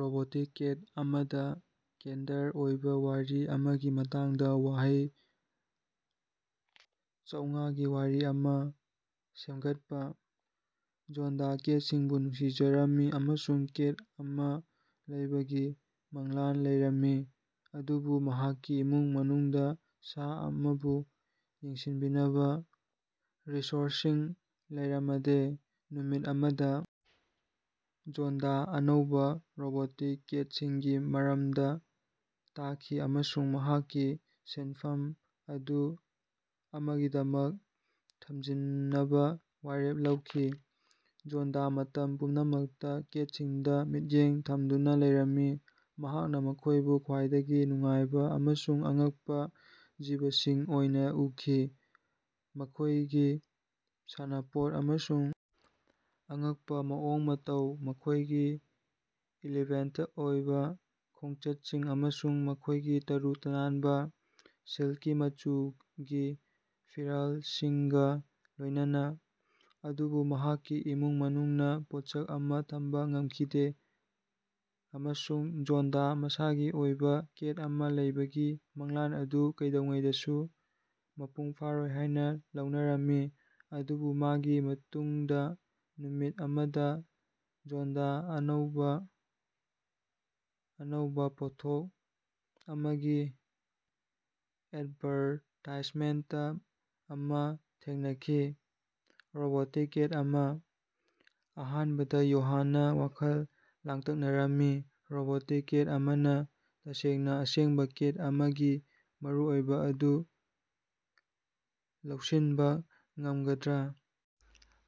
Robotic ꯀꯦꯠ ꯑꯃꯗꯥ ꯀꯦꯟꯗ꯭ꯔ ꯑꯣꯏꯕꯥ ꯋꯥꯔꯤ ꯑꯃꯒꯤ ꯃꯇꯥꯡꯗꯥ ꯋꯥꯍꯩ ꯆꯧꯉꯥꯒꯤ ꯋꯥꯔꯤ ꯑꯃꯥ ꯁꯦꯝꯒꯠꯄꯥ꯫ ꯖꯣꯟꯗꯥ ꯀꯦꯠꯁꯤꯡꯕꯨ ꯅꯨꯡꯁꯤꯖꯔꯝꯃꯤ ꯑꯃꯁꯨꯡ ꯀꯦꯠ ꯑꯃꯥ ꯂꯩꯕꯒꯤ ꯃꯪꯂꯥꯟ ꯂꯩꯔꯝꯃꯤ ꯑꯗꯨꯕꯨ ꯃꯍꯥꯛꯀꯤ ꯏꯃꯨꯡ ꯃꯅꯨꯡꯗꯥ ꯁꯥ ꯑꯃꯕꯨ ꯌꯦꯡꯁꯤꯟꯕꯤꯅꯕꯥ ꯔꯤꯁꯣꯔꯁꯁꯤꯡ ꯂꯩꯔꯃꯗꯦ꯫ ꯅꯨꯃꯤꯠ ꯑꯃꯗꯥ ꯖꯣꯟꯗꯥ ꯑꯅꯧꯕꯥ ꯔꯣꯕꯣꯇꯤꯛ ꯀꯦꯠꯁꯤꯡꯒꯤ ꯃꯔꯝꯗꯥ ꯇꯥꯈꯤ ꯑꯃꯁꯨꯡ ꯃꯍꯥꯛꯀꯤ ꯁꯦꯟꯐꯝ ꯑꯗꯨ ꯑꯃꯒꯤꯗꯃꯛ ꯊꯝꯖꯤꯟꯅꯕꯥ ꯋꯥꯔꯦꯞ ꯂꯧꯈꯤ꯫ ꯖꯣꯟꯗꯥ ꯃꯇꯝ ꯄꯨꯝꯅꯃꯛꯇꯥ ꯀꯦꯠꯁꯤꯡꯗꯥ ꯃꯤꯠꯌꯦꯡ ꯊꯝꯗꯨꯅꯥ ꯂꯩꯔꯝꯃꯤ꯫ ꯃꯍꯥꯛꯅꯥ ꯃꯈꯣꯏꯕꯨ ꯈ꯭ꯋꯥꯏꯗꯒꯤ ꯅꯨꯡꯉꯥꯏꯕꯥ ꯑꯃꯁꯨꯡ ꯑꯉꯛꯄꯥ ꯖꯤꯕꯁꯤꯡ ꯑꯣꯏꯅꯥ ꯎꯈꯤ, ꯃꯈꯣꯏꯒꯤ ꯁꯥꯟꯅꯄꯣꯠ ꯑꯃꯁꯨꯡ ꯑꯉꯛꯄꯥ ꯃꯑꯣꯡ ꯃꯇꯧ, ꯃꯈꯣꯏꯒꯤ ꯏꯂꯤꯒꯦꯟꯇ ꯑꯣꯏꯕꯥ ꯈꯣꯡꯆꯠꯁꯤꯡ ꯑꯃꯁꯨꯡ ꯃꯈꯣꯏꯒꯤ ꯇꯔꯨ ꯇꯅꯥꯟꯕꯥ, ꯁꯤꯜꯀꯤ ꯃꯆꯨꯒꯤ ꯐꯤꯔꯥꯜꯁꯤꯡꯒꯥ ꯂꯣꯏꯅꯅꯥ꯫ ꯑꯗꯨꯕꯨ ꯃꯍꯥꯛꯀꯤ ꯏꯃꯨꯡ ꯃꯅꯨꯡꯅꯥ ꯄꯣꯠꯁꯛ ꯑꯃꯥ ꯊꯝꯕꯥ ꯉꯝꯈꯤꯗꯦ ꯑꯃꯁꯨꯡ ꯖꯣꯟꯗꯥ ꯃꯁꯥꯒꯤ ꯑꯣꯏꯕꯥ ꯀꯦꯠ ꯑꯃꯥ ꯂꯩꯕꯒꯤ ꯃꯪꯂꯥꯟ ꯑꯗꯨ ꯀꯩꯗꯧꯉꯩꯗꯁꯨ ꯃꯄꯨꯡ ꯐꯥꯔꯣꯏ ꯍꯥꯏꯅꯥ ꯂꯧꯅꯔꯝꯃꯤ꯫ ꯑꯗꯨꯕꯨ ꯃꯗꯨꯒꯤ ꯃꯇꯨꯡꯗꯥ, ꯅꯨꯃꯤꯠ ꯑꯃꯗꯥ, ꯖꯣꯟꯗꯥ ꯑꯅꯧꯕꯥ, ꯑꯅꯧꯕꯥ ꯄꯣꯠꯊꯣꯛ ꯑꯃꯒꯤ ꯑꯦꯗꯚꯥꯔꯇꯥꯏꯖꯃꯦꯟꯇ ꯑꯃꯥ ꯊꯦꯡꯅꯈꯤ – ꯔꯣꯕꯣꯇꯤꯛ ꯀꯦꯠ ꯑꯃꯥ꯫ ꯑꯍꯥꯟꯕꯗꯥ ꯌꯣꯍꯥꯟꯅꯥ ꯋꯥꯈꯜ ꯂꯥꯡꯇꯛꯅꯔꯝꯃꯤ꯫ ꯔꯣꯕꯣꯇꯤꯛ ꯀꯦꯠ ꯑꯃꯅꯥ ꯇꯁꯦꯡꯅꯥ ꯑꯁꯦꯡꯕꯥ ꯀꯦꯠ ꯑꯃꯒꯤ ꯃꯔꯨꯑꯣꯏꯕꯥ ꯑꯗꯨ ꯂꯧꯁꯤꯟꯕꯥ ꯉꯝꯒꯗ꯭ꯔꯥ?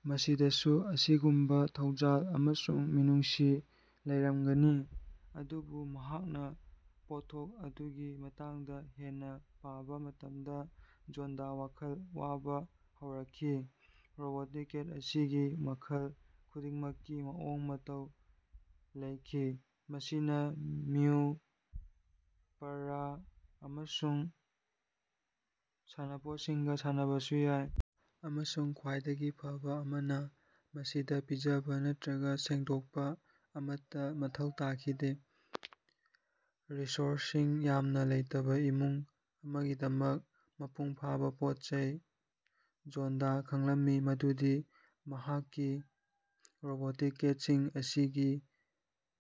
ꯃꯁꯤꯗꯥꯁꯨ ꯑꯗꯨꯒꯨꯝꯕꯥ ꯊꯧꯖꯥꯜ ꯑꯃꯁꯨꯡ ꯃꯤꯅꯨꯡꯁꯤ ꯂꯩꯔꯝꯒꯅꯤ? ꯑꯗꯨꯕꯨ ꯃꯍꯥꯛꯅꯥ ꯄꯣꯠꯊꯣꯛ ꯑꯗꯨꯒꯤ ꯃꯇꯥꯡꯗꯥ ꯍꯦꯟꯅꯥ ꯄꯥꯕꯥ ꯃꯇꯝꯗꯥ ꯖꯣꯟꯗꯥ ꯋꯥꯈꯜ ꯋꯥꯕꯥ ꯍꯧꯔꯛꯈꯤ꯫ ꯔꯣꯕꯣꯇꯤꯛ ꯀꯦꯠ ꯑꯁꯤꯒꯤ ꯃꯈꯜ ꯈꯨꯗꯤꯡꯃꯛꯀꯤ ꯃꯑꯣꯡ ꯃꯇꯧ ꯂꯩꯈꯤ ꯃꯁꯤꯅꯥ ꯃꯤꯎ, ꯄꯔꯔ, ꯑꯃꯁꯨꯡ ꯁꯥꯟꯅꯄꯣꯠꯁꯤꯡꯒꯥ ꯁꯥꯟꯅꯕꯁꯨ ꯌꯥꯏ꯫ ꯑꯃꯁꯨꯡ ꯈ꯭ꯋꯥꯏꯗꯒꯤ ꯐꯕꯥ ꯑꯃꯅꯥ, ꯃꯁꯤꯗꯥ ꯄꯤꯖꯕꯥ ꯅꯠꯇ꯭ꯔꯒꯥ ꯁꯦꯡꯗꯣꯛꯄꯥ ꯑꯃꯠꯇꯥ ꯃꯊꯧ ꯇꯥꯈꯤꯗꯦ ꯔꯤꯁꯣꯔꯁꯁꯤꯡ ꯌꯥꯝꯅꯥ ꯂꯩꯇꯕꯥ ꯏꯃꯨꯡ ꯑꯃꯒꯤꯗꯃꯛ ꯃꯄꯨꯡ ꯐꯥꯕꯥ ꯄꯣꯠꯆꯩ꯫ ꯖꯣꯟꯗꯥ ꯈꯪꯂꯝꯏ ꯃꯗꯨꯗꯤ ꯃꯍꯥꯛꯀꯤ ꯔꯣꯕꯣꯇꯤꯛ ꯀꯦꯠꯁꯤꯡ ꯑꯁꯤꯒꯤ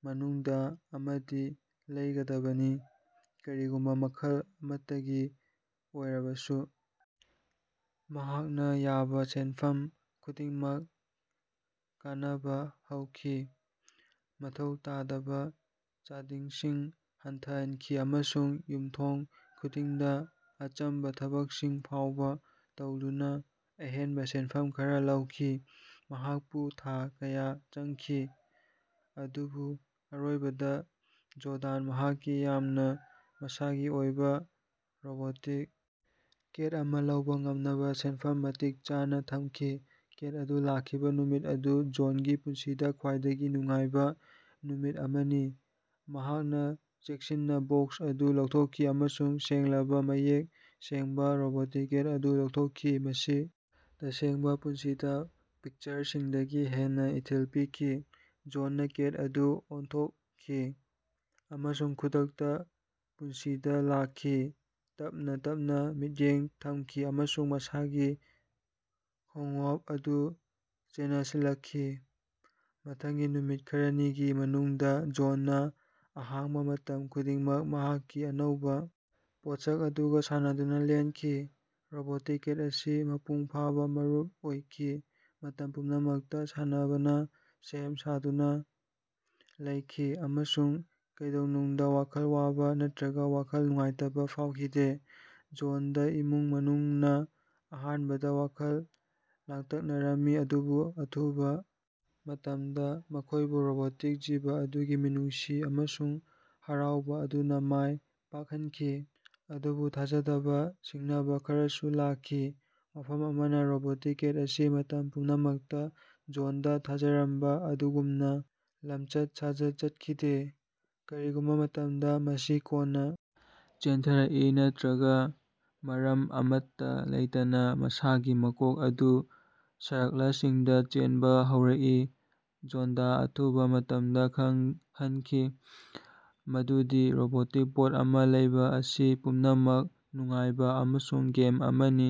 ꯃꯅꯨꯡꯗꯥ ꯑꯃꯗꯤ ꯂꯩꯒꯗꯕꯅꯤ, ꯀꯔꯤꯒꯨꯝꯕꯥ ꯃꯈꯜ ꯑꯃꯠꯇꯒꯤ ꯑꯣꯏꯔꯕꯁꯨ꯫ ꯃꯍꯥꯛꯅꯥ ꯌꯥꯕꯥ ꯁꯦꯟꯐꯝ ꯈꯨꯗꯤꯡꯃꯛ ꯀꯅꯕꯥ ꯍꯧꯈꯤ, ꯃꯊꯧ ꯇꯥꯗꯕꯥ ꯆꯥꯗꯤꯡꯁꯤꯡ ꯍꯟꯊꯍꯟꯈꯤ ꯑꯃꯁꯨꯡ ꯌꯨꯝꯊꯣꯡ ꯈꯨꯗꯤꯡꯗꯥ ꯑꯆꯝꯕꯥ ꯊꯕꯛꯁꯤꯡ ꯐꯥꯎꯕꯥ ꯇꯧꯗꯨꯅꯥ ꯑꯍꯦꯟꯕꯥ ꯁꯦꯟꯐꯝ ꯈꯔꯥ ꯂꯧꯈꯤ꯫ ꯃꯍꯥꯛꯄꯨ ꯊꯥ ꯀꯌꯥ ꯆꯪꯈꯤ, ꯑꯗꯨꯕꯨ ꯑꯔꯣꯏꯕꯗꯥ, ꯖꯣꯟꯗꯥ ꯃꯍꯥꯛꯀꯤ ꯌꯥꯝꯅꯥ ꯃꯁꯥꯒꯤ ꯑꯣꯏꯕꯥ ꯔꯣꯕꯣꯇꯤꯛ ꯀꯦꯠ ꯑꯃꯥ ꯂꯧꯕꯥ ꯉꯝꯅꯕꯥ ꯁꯦꯟꯐꯝ ꯃꯇꯤꯛ ꯆꯥꯅꯥ ꯊꯝꯈꯤ꯫ ꯀꯦꯠ ꯑꯗꯨ ꯂꯥꯛꯈꯤꯕꯥ ꯅꯨꯃꯤꯠ ꯑꯗꯨ ꯖꯣꯟꯒꯤ ꯄꯨꯟꯁꯤꯗꯥ ꯈ꯭ꯋꯥꯏꯗꯒꯤ ꯅꯨꯡꯉꯥꯏꯕꯥ ꯅꯨꯃꯤꯠ ꯑꯃꯅꯤ꯫ ꯃꯍꯥꯛꯅꯥ ꯆꯦꯛꯁꯤꯟꯅꯥ ꯕꯣꯛꯁ ꯑꯗꯨ ꯂꯧꯊꯣꯛꯈꯤ ꯑꯃꯁꯨꯡ ꯁꯦꯡꯂꯕꯥ, ꯃꯌꯦꯛ ꯁꯦꯡꯕꯥ ꯔꯣꯕꯣꯇꯤꯛ ꯀꯦꯠ ꯑꯗꯨ ꯂꯧꯊꯣꯛꯈꯤ꯫ ꯃꯁꯤ ꯇꯁꯦꯡꯕꯥ ꯄꯨꯟꯁꯤꯗꯥ ꯄꯤꯛꯆꯔꯁꯤꯡꯗꯒꯤ ꯍꯦꯟꯅꯥ ꯏꯊꯤꯜ ꯄꯤꯈꯤ꯫ ꯖꯣꯟꯅ ꯀꯦꯠ ꯑꯗꯨ ꯑꯣꯟꯊꯣꯛꯈꯤ ꯑꯃꯁꯨꯡ ꯈꯨꯗꯛꯇꯥ ꯄꯨꯟꯁꯤꯗꯥ ꯂꯥꯛꯈꯤ, ꯇꯞꯅꯥ ꯇꯞꯅꯥ ꯃꯤꯠꯌꯦꯡ ꯊꯝꯈꯤ ꯑꯃꯁꯨꯡ ꯃꯁꯥꯒꯤ ꯈꯣꯉꯎꯞ ꯑꯗꯨ ꯆꯦꯅꯁꯤꯜꯂꯛꯈꯤ꯫ ꯃꯊꯪꯒꯤ ꯅꯨꯃꯤꯠ ꯈꯔꯅꯤꯒꯤ ꯃꯅꯨꯡꯗꯥ ꯖꯣꯟꯅꯥ ꯑꯍꯥꯡꯕꯥ ꯃꯇꯝ ꯈꯨꯗꯤꯡꯃꯛ ꯃꯍꯥꯛꯀꯤ ꯑꯅꯧꯕꯥ ꯄꯣꯠꯁꯛ ꯑꯗꯨꯒꯥ ꯁꯥꯟꯅꯗꯨꯅꯥ ꯂꯦꯟꯈꯤ꯫ ꯔꯣꯕꯣꯇꯤꯛ ꯀꯦꯠ ꯑꯁꯤ ꯃꯄꯨꯡ ꯐꯥꯕꯥ ꯃꯔꯨꯞ ꯑꯣꯏꯈꯤ, ꯃꯇꯝ ꯄꯨꯝꯅꯃꯛꯇꯥ ꯁꯥꯟꯅꯅꯕꯥ ꯁꯦꯝ ꯁꯥꯗꯨꯅꯥ ꯂꯩꯈꯤ, ꯑꯃꯁꯨꯡ ꯀꯩꯗꯧꯅꯨꯡꯗꯥ ꯋꯥꯈꯜ ꯋꯥꯕꯥ ꯅꯠꯇ꯭ꯔꯒꯥ ꯋꯥꯈꯜ ꯅꯨꯡꯉꯥꯏꯇꯕꯥ ꯐꯥꯎꯈꯤꯗꯦ꯫ ꯖꯣꯟꯗꯥ ꯏꯃꯨꯡ ꯃꯅꯨꯡꯅꯥ ꯑꯍꯥꯟꯕꯗꯥ ꯋꯥꯈꯜ ꯂꯥꯡꯇꯛꯅꯔꯝꯃꯤ ꯑꯗꯨꯕꯨ ꯑꯊꯨꯕꯥ ꯃꯇꯝꯗꯥ ꯃꯈꯣꯏꯕꯨ ꯔꯣꯕꯣꯇꯤꯛ ꯖꯤꯕ ꯑꯗꯨꯒꯤ ꯃꯤꯅꯨꯡꯁꯤ ꯑꯃꯁꯨꯡ ꯍꯔꯥꯎꯕꯥ ꯑꯗꯨꯅꯥ ꯃꯥꯏ ꯄꯥꯛꯍꯟꯈꯤ꯫ ꯑꯗꯨꯕꯨ ꯊꯥꯖꯗꯕꯥ ꯁꯤꯡꯅꯕꯥ ꯈꯔꯁꯨ ꯂꯥꯛꯈꯤ꯫ ꯋꯥꯐꯝ ꯑꯃꯅꯥ ꯔꯣꯕꯣꯇꯤꯛ ꯀꯦꯠ ꯑꯁꯤ ꯃꯇꯝ ꯄꯨꯝꯅꯃꯛꯇꯥ ꯖꯣꯟꯗꯥ ꯊꯥꯖꯔꯝꯕꯥ ꯑꯗꯨꯒꯨꯝꯅꯥ ꯂꯝꯆꯠ ꯁꯥꯖꯠ ꯆꯠꯈꯤꯗꯦ꯫ ꯀꯔꯤꯒꯨꯝꯕꯥ ꯃꯇꯝꯗꯥ, ꯃꯁꯤ ꯀꯣꯟꯅꯥ ꯆꯦꯟꯊꯔꯛꯏ ꯅꯠꯇ꯭ꯔꯒꯥ ꯃꯔꯝ ꯑꯃꯠꯇꯥ ꯂꯩꯇꯅꯥ ꯃꯁꯥꯒꯤ ꯃꯀꯣꯛ ꯑꯗꯨ ꯁꯔꯛꯂꯁꯤꯡꯗꯥ ꯆꯦꯟꯕꯥ ꯍꯧꯔꯛꯏ꯫ ꯖꯣꯟꯗꯥ ꯑꯊꯨꯕꯥ ꯃꯇꯝꯗꯥ ꯈꯪꯍꯟꯈꯤ ꯃꯗꯨꯗꯤ ꯔꯣꯕꯣꯇꯤꯛ ꯄꯣꯠ ꯑꯃꯥ ꯂꯩꯕꯥ ꯑꯁꯤ ꯄꯨꯝꯅꯃꯛ ꯅꯨꯡꯉꯥꯏꯕꯥ ꯑꯃꯁꯨꯡ ꯒꯦꯝ ꯑꯃꯅꯤ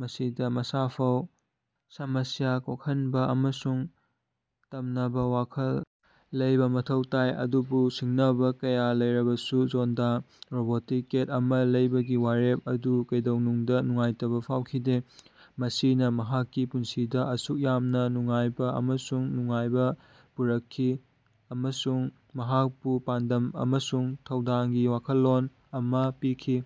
ꯃꯁꯤꯗꯥ ꯑꯁꯥꯐꯧꯕꯥ, ꯁꯃꯁ꯭ꯌꯥ ꯀꯣꯛꯍꯟꯕꯥ ꯑꯃꯁꯨꯡ ꯇꯝꯅꯕꯥ ꯋꯥꯈꯜ ꯂꯩꯕꯥ ꯃꯊꯧ ꯇꯥꯏ꯫ ꯑꯗꯨꯕꯨ ꯁꯤꯡꯅꯕꯥ ꯀꯌꯥ ꯂꯩꯔꯕꯁꯨ ꯖꯣꯟꯗꯥ ꯔꯣꯕꯣꯇꯤꯛ ꯀꯦꯠ ꯑꯃꯥ ꯂꯧꯕꯒꯤ ꯋꯥꯔꯦꯞ ꯑꯗꯨ ꯀꯩꯗꯧꯅꯨꯡꯗꯥ ꯅꯨꯡꯉꯥꯏꯇꯕꯥ ꯐꯥꯎꯈꯤꯗꯦ꯫ ꯃꯁꯤꯅꯥ ꯃꯍꯥꯛꯀꯤ ꯄꯨꯟꯁꯤꯗꯥ ꯑꯁꯨꯛ ꯌꯥꯝꯅꯥ ꯅꯨꯡꯉꯥꯏꯕꯥ ꯑꯃꯁꯨꯡ ꯅꯨꯡꯉꯥꯏꯕꯥ ꯄꯨꯔꯛꯈꯤ ꯑꯃꯁꯨꯡ ꯃꯍꯥꯛꯄꯨ ꯄꯥꯟꯗꯝ ꯑꯃꯁꯨꯡ ꯊꯧꯗꯥꯡꯒꯤ ꯋꯥꯈꯜꯂꯣꯟ ꯑꯃꯥ ꯄꯤꯈꯤ꯫